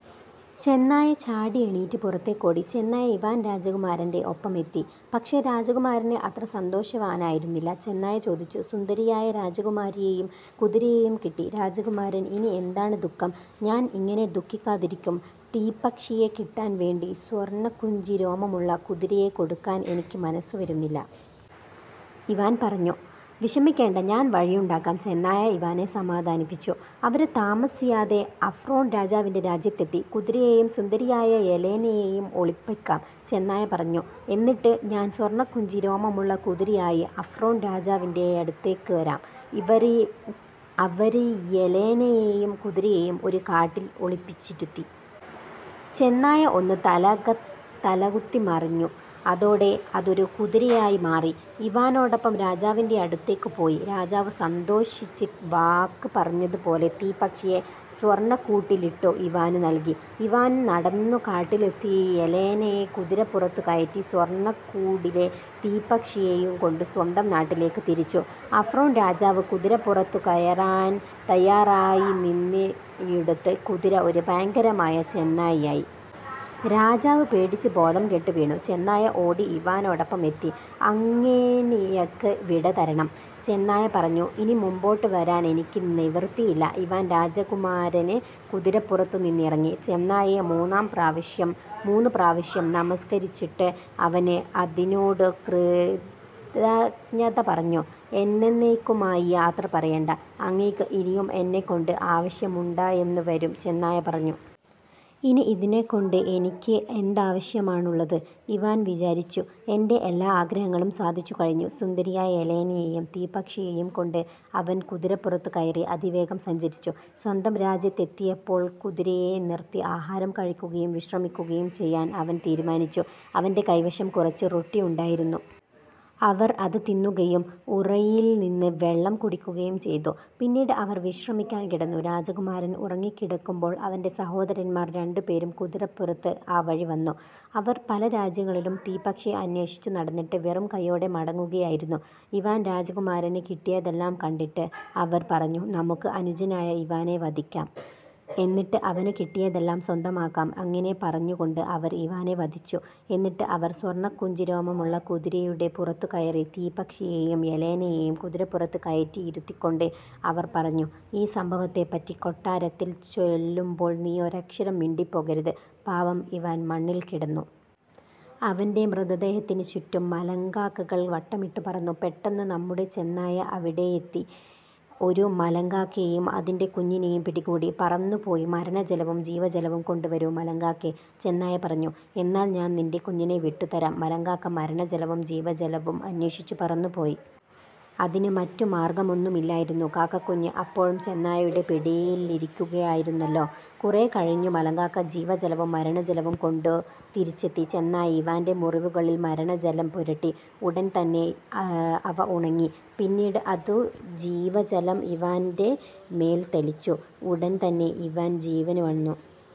ചെന്നായ ചാടിയെണീററ് പുറത്തേക്കോടി. ചെന്നായ ഇവാന് രാജകമാരന്റെ ഒപ്പം എത്തി. പക്ഷേ രാജകുമാരന് അത്ര സന്തോഷവാനായിരുന്നില്ല. ചെന്നായ ചോദിച്ചു: "സുന്ദരിയായ രാജകുമാരിയെയും, കുതിരയെയും കിട്ടി. രാജകുമാരന് ഇനി എന്താണു ദുഃഖം? " "ഞാന് എങ്ങിനെ ദുഃഖിക്കാതിരിക്കും? തീപ്പക്ഷിയെ കിട്ടാന് വേണ്ടി സ്വര്ണ്ണുക്കുഞ്ചി രോമമുള്ള കുതിരയെ കൊടുക്കാന് എനിക്കു മനസ്സു വരുന്നില്ല. " ഇവാന് പറഞ്ഞു "വിഷമിക്കേണ്ട, ഞാന് വഴിയുണ്ടാക്കാം,'' ചെന്നായ ഇവാനെ സമാധാനിപ്പിച്ചു. അവര് താമസിയാതെ അഫ്റോണ് രാജാവിന്റെ രാജ്യത്തെത്തി. "കുതിരയേയും സുന്ദരിയായ യെലേനയേയും ഒളിപ്പിക്കാം," ചെന്നായ പറഞ്ഞു. "എന്നിട്ട് ഞാന് സ്വര്ണ്ണക്കുഞ്ചി രോമമുള്ള കുതിരയായി അഫ്റോണ് രാജാവിന്റെ യടുത്തേക്കു വരാം. " അവര് യെലേനയേയയം കുതിരയേയും ഒരു കാട്ടില് ഒളിപ്പിച്ചിരുത്തി. ചെന്നായ ഒന്നു തലകത്തിമറിഞ്ഞു. അതോടെ അതൊരു കുതിരയായി മാറി, ഇവാനോടൊപ്പം രാജാവിന്റെയടുത്തേക്കു പോയി. രാജാവു സന്തോഷിച്ച് വാക്ക് പറഞ്ഞത് പോലെ തീപ്പക്ഷിയെ സ്വര്ണ്ണക്കൂട്ടിലിട്ടു ഇവാനു നല്കി. ഇവാന് നടന്നു കാട്ടിലെത്തി യെലേനയെ കുതിരപ്പുറത്തു കയറ്റി സ്വര്ണ്ണക്കൂടിലെ തീപ്പക്ഷിയേയുകൊണ്ടു സ്വന്തം നാട്ടിലേക്കു തിരിച്ചു. അഫറോണ് രാജാവു കുതിരപ്പുറത്തുകയറാന് തയ്യാറായിനിന്നയുടന് കുതിര ഒരു ഭയങ്കരനായ ചെന്നായായി. രാജാവു പേടിച്ചു ബോധംകെട്ട് വീണു. ചെന്നായ ഓടി ഇവാനോടൊപ്പം എത്തി. "അങ്ങേണിയ്ക്ക് വിട തരണം. " ചെന്നായ പറഞ്ഞു. "ഇനി മുമ്പോട്ടു വരാന് എനിക്കു നിവൃത്തിയില്ല. " ഇവാന് രാജകുമാരന് കുതിരപ്പുറത്തുനിന്നിറങ്ങി. ചെന്നായയെ മൂന്നുപ്രാവശ്യം നമസ്കരിച്ചിട്ട് അവന് അതിനോടു കൃതജ്ഞത പറഞ്ഞു. "എന്നെന്നേയ്ക്കുമായി യാത്രപറയേണ്ട. അങ്ങേയ്ക്ക് ഇനിയും എന്നെക്കൊണ്ട് ആവശ്യമുണ്ടായെന്നു വരും," ചെന്നായ പറഞ്ഞു. "ഇനി ഇതിനെക്കൊണ്ട് എനിയ്ക്ക് എന്താവശ്യമാണുള്ളത്? " ഇവാന് വിചാരിച്ചു. "എന്റെ എല്ലാ ആഗ്രഹങ്ങളും സാധിച്ചുകഴിഞ്ഞു. " സുന്ദരിയായ യെലേനയേയും തീപ്പക്ഷിയേയുംകൊണ്ടു് അവന് കുതിരപ്പുറത്തു കയറി അതിവേഗം സഞ്ചരിച്ചു. സ്വന്തം രാജ്യത്തെത്തിയപ്പോള് കുതിരയെ നിര്ത്തി ആഹാരം കഴിക്കുകയും വിശ്രമിക്കുകയും ചെയ്യാന് അവന് തീരുമാനിച്ചു. അവന്റെ കൈവശം കുറച്ചു റൊട്ടിയുണ്ടായിരുന്നു. അവര് അതു തിന്നുകയും ഉറവയില്നിന്നു വെള്ളം കുടിക്കുകയും ചെയ്ത. പിന്നീട് അവര് വിശ്രമിക്കാന് കിടന്നു. രാജകമാരന് ഉറങ്ങിക്കിടക്കുമ്പോള് അവന്റെ സഹോദരന്മാര് രണ്ടുപേരും കുതിരപ്പുറത്ത് ആ വഴി വന്നു. അവര് പല രാജ്യങ്ങളിലും തീപ്പക്ഷിയെ അന്വേഷിച്ചു നടന്നിട്ട് വെറും കയ്യോടെ മടങ്ങുകയായിരുന്നു. ഇവാന് രാജകുമാരന് കിട്ടിയതെല്ലാം കണ്ടിട്ട് അവര് പറഞ്ഞു: "നമൂക്ക് അനുജനായ ഇവാനെ വധിക്കാം. എന്നിട്ട് അവനു കിട്ടിയതെല്ലാം സ്വന്തമാക്കാം. " ഇങ്ങിനെ പറഞ്ഞുകൊണ്ട് അവര് ഇവാനെ വധിച്ചു. എന്നിട്ട് അവര് സ്വര്ണ്ണക്കുഞ്ചിരോമമുള്ള കുതിരയുടെ പുറത്തു കയറി. തീപ്പക്ഷിയേയയം യെലേനയേയും കുതിരപ്പുറത്തു കയററി ഇരുത്തിക്കൊണ്ട് അവര് പറഞ്ഞു: "ഈ സംഭവത്തെപ്പറ്റി കൊട്ടാരത്തില് ചെല്ലുമ്പോള് നീ ഒരക്ഷരം മിണ്ടിപ്പോകരുത്! " പാവം ഇവാന് മണ്ണില്ക്കിടന്നു. അവന്റെ മൃതദേഹത്തിനു ചുററും മലങ്കാക്കകള് വട്ടമിട്ടു പറന്നു. പെട്ടെന്നു നമ്മുടെ ചെന്നായ അവിടെയെത്തി ഒരു മലങ്കാക്കയേയയം അതിന്റെ കുഞ്ഞിനേയും പിടികൂടി. "പറന്നുപോയി മരണജലവും ജീവജലവും കൊണ്ടുവരൂ മലങ്കാക്കേ. " ചെന്നായ പറഞ്ഞു. "എന്നാല് ഞാന് നിന്റെ കുഞ്ഞിനെ വിട്ടുതരാം. " മലങ്കാക്ക മരണജലവും ജീവജലവും അന്വേഷിച്ചു പറന്നു പോയി. അതിനു മററു മാര്ഗ്ഗമൊന്നുമില്ലായിരുന്നു കാക്കക്കുഞ്ഞ് അപ്പോഴും ചെന്നായുടെ പിടിയിലിരിക്കുകയായിരുന്നല്ലോ. കുറേക്കഴിഞ്ഞു മലങ്കാക്ക ജീവജലവും മരണജലവുംകൊണ്ടു തിരിച്ചെത്തി. ചെന്നായ ഇവാന്റെ മുറിവുകളില് മരണജലം പുരട്ടി. ഉടന് തന്നെ അവ ഉണങ്ങി. പിന്നീട് അതു ജീവജലം ഇവാന്റെ മേല് തളിച്ചു. ഉടന്തന്നെ ഇവാന് ജീവന് വീണു.